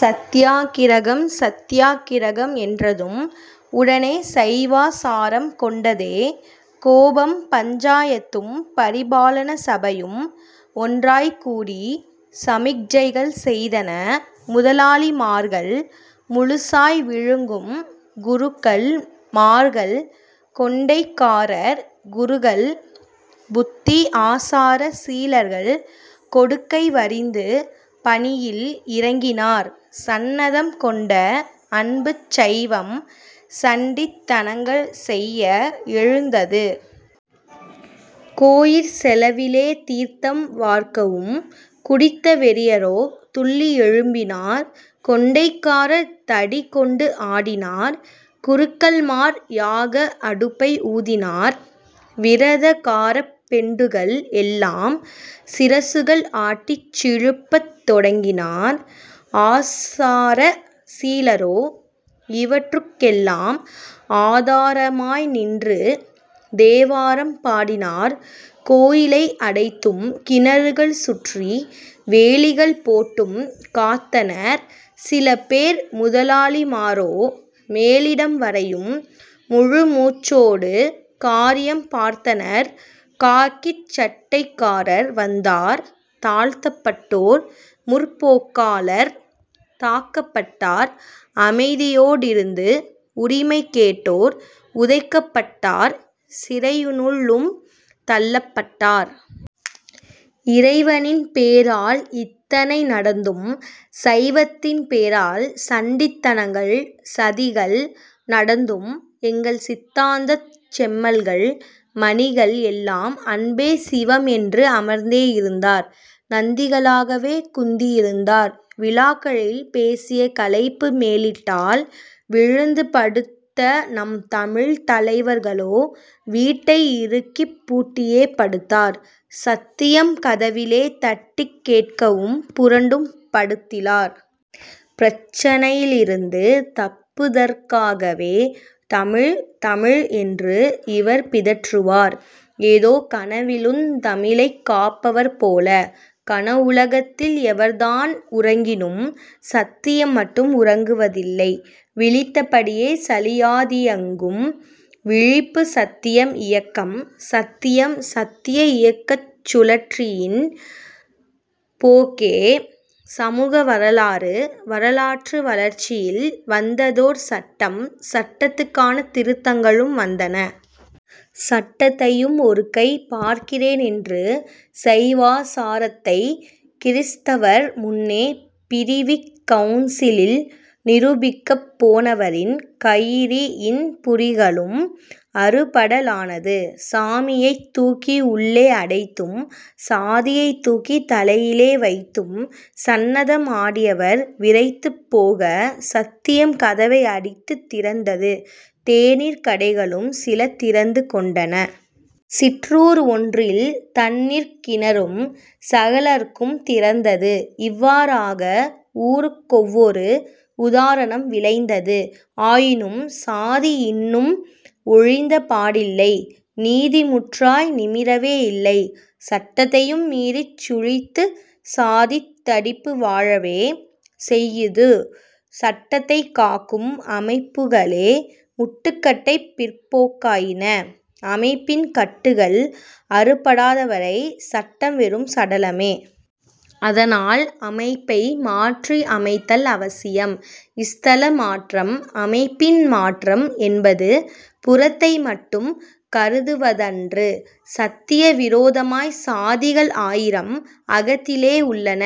சத்யாக்கிரகம். சத்யாக் கிரகம் என்றதும் உடனே சைவாசாரம் கொண்டதே கோபம் பஞ்சாயத்தும் பரிபாலன சபையும் ஒன்றாய்க்கூடி சமிக்ஞைகள் செய்தன. முதலாளிமார்கள், முழுசாய் விழுங்கும் குருக்கள் மார்கள், கொண்டைக்காரர் குறுகல் புத்தி ஆசார சீலர்கள் கொடுக்கை வரிந்து பணியில் இறங்கினார். சன்னதம் கொண்ட அன்புச் சைவம் சண்டித் தனங்கள் செய்ய எழுந்தது. கோயிற் செலவிலே 'தீர்த்தம்' வார்க்கவும் குடித்த வெறியரோ துள்ளி எழும்பினார் கொண்டைக்காரர் தடி கொண்டு ஆடினார் குருக்கள்மார் யாக அடுப்பை ஊதினார். விரதகாரப் பெண்டுகள் எல்லாம் சிரசுகள் ஆட்டிச் சிலுப்பத் தொடங்கினார் ஆசார சீலரோ இவற்றுக் கெல்லாம் ஆதாரமாய் நின்று தேவாரம் பாடினார் கோயிலை அடைத்தும் கிணறுகள் சுற்றி வேலிகள் போட்டும் காத்தனர் சிலபேர் முதலாளிமாரோ மேலிடம் வரையும் முழுமூச்சோடு 'காரியம்' பார்த்தனர் காக்கிச் சட்டைக்காரர் வந்தார் தாழ்த்தப்பட்டோர், முற்போக்காளர் தாக்கப்பட்டார் அமைதியோடிருந்து உரிமை கேட்டோர் உதைக்கப்பட்டார் சிறையினுள்ளும் தள்ளப் பட்டார். இறைவனின் பேரால் இத்தனை நடந்தும் சைவத்தின் பேரால் சண்டித்தனங்கள், சதிகள் நடந்தும் எங்கள் சித்தாந்தச் செம்மல்கள், மணிகள் எல்லாம் அன்பே சிவம் என்று அமர்ந்தே இருந்தார்; நந்திகளாகவே குந்தியிருந்தார். விழாக்களில் பேசிய களைப்பு மேலீட்டால் விழுந்து படுத்த நம் தமிழ்த் தலைவர்களோ வீட்டை இறுக்கிப் பூட்டியே படுத்தார் சத்தியம் கதவிலே தட்டிக் கேட்கவும் புரண்டும் படுத்திலார்! பிரச்சினையிலிருந்து தப்புதற்காகவோ 'தமிழ் தமிழ்' என்று இவர் பிதற்றுவார் ஏதோ கனவிலுந் தமிழைக் காப்பவர் போல. கனவுலகத்தில் எவர்தான் உறங்கினும் சத்தியம் மட்டும் உறங்குவதில்லை. விழித்தபடியே சலியாதியங்கும் விழிப்பு சத்தியம் இயக்கம் சத்தியம். சத்திய இயக்கச் சுழற்சியின் போக்கே சமூக வரலாறு. வரலாற்று வளர்ச்சியில் வந்ததோர் சட்டம் சட்டத்துக்கான திருத்தங்களும் வந்தன. சட்டத்தையும் ஒருகை பார்க்கிறேன் என்று சைவாசாரத்தை கிறீஸ்தவர் முன்னே பிறிவிக் கவுன்சிலில் நிரூபிக்கப் போனவரின் 'கயிறி'ன் புரிகளும் அறுபடலானது. சாமியைத் தூக்கி உள்ளே அடைத்தும் சாதியைத் தூக்கித் தலையிலே வைத்தும் சன்னதம் ஆடியவர் விறைத்துப் போக சத்தியம் கதவை அடித்துத் திறந்தது. தேனீர்க் கடைகளும் சில திறந்து கொண்டன. சிற்றூர் ஒன்றில் தண்ணீர்க் கிணறும் சகலர்க்கும் திறந்தது. இவ்வாறாக ஊருக்கொவ்வொரு உதாரணம் விளைந்தது. ஆயினும் சாதி இன்னும் ஒழிந்த பாடில்லை நீதி முற்றாய் நிமிரவே இல்லை. சட்டத்தையும் மீறிச் சுழித்து சாதித் தடிப்பு வாழவே செய்யுது சட்டத்தைக் காக்கும் அமைப்புகளே முட்டுக்கட்டைப் பிற்போக்காயின. அமைப்பின் கட்டுகள் அறுபடாதவரை சட்டம் வெறும் சடலமே। அதனால் அமைப்பை மாற்றி அமைத்தல் அவசியம்.. ஸ்தல மாற்றம் அமைப்பின் மாற்றம் என்பது புறத்தை மட்டும் கருதுவதன்று சத்தியவிரோதமாய் சாதிகள் ஆயிரம் அகத்திலே உள்ளன.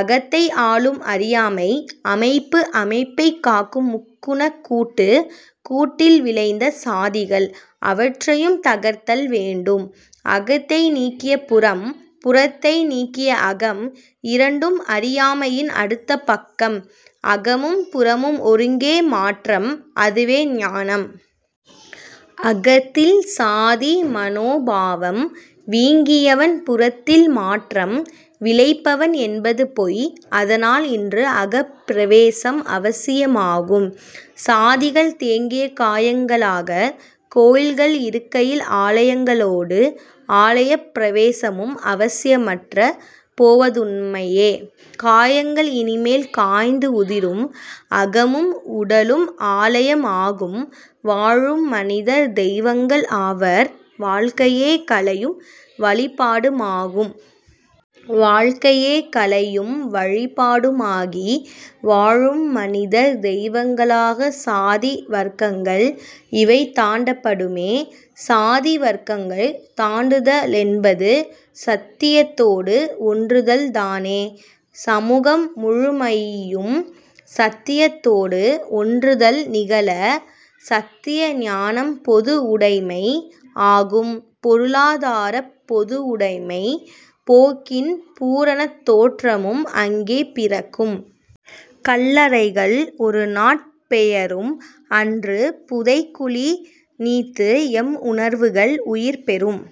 அகத்தை ஆளும் அறியாமை அமைப்பு அமைப்பைக் காக்கும் முக்குணக் கூட்டு கூட்டில் விளைந்த சாதிகள். அவற்றையும் தகர்த்தல் வேண்டும் அகத்தை நீக்கிய புறம் புறத்தை நீக்கிய அகம் இரண்டும் அறியாமையின் அடுத்தபக்கம் அகமும் புறமும் ஒருங்கே மாற்றம் அதுவே ஞானம். அகத்தில் சாதி மனோபாவம் வீங்கியவன் புறத்தில் மாற்றம் விளைப்பன் என்பது பொய். அதனால் இன்று அகப்பிரவேசம் அவசியமாகும். சாதிகள் தேங்கிய காயங்களாக கோயில்கள் இருக்கையில் ஆலயங்களோடு ஆலயப் பிரவேசமும் அவசியமற்றே போவதுண்மையே. காயங்கள் இனிமேல் காய்ந்து உதிரும் அகமும் உடலும் ஆலயம் ஆகும் வாழும் மனிதர் தெய்வங்கள் ஆவர் வாழ்க்கையே கலையும் வழிபாடுமாகும். வாழ்க்கையே கலையும் வழிபாடுமாகி வாழும் மனிதர் தெய்வங்களாக சாதி வர்க்கங்கள் இவை தாண்டப்படுமே சாதி வர்க்கங்கள் தாண்டுத லென்பது சத்தியத்தோடு ஒன்றுதல்தானே. சமூகம் முழுமையும் சத்தியத்தோடு ஒன்றுதல் நிகழ சத்திய ஞானம் பொது உடைமை ஆகும்; பொருளாதாரப் பொதுவுடமைப் போக்கின் பூரணத் தோற்றமும் அங்கே பிறக்கும். கல்லறைகள் ஒரு நாட் பெயரும் அன்று புதைகுழி நீத்து எம் உணர்வுகள் உயிர்பெறும்.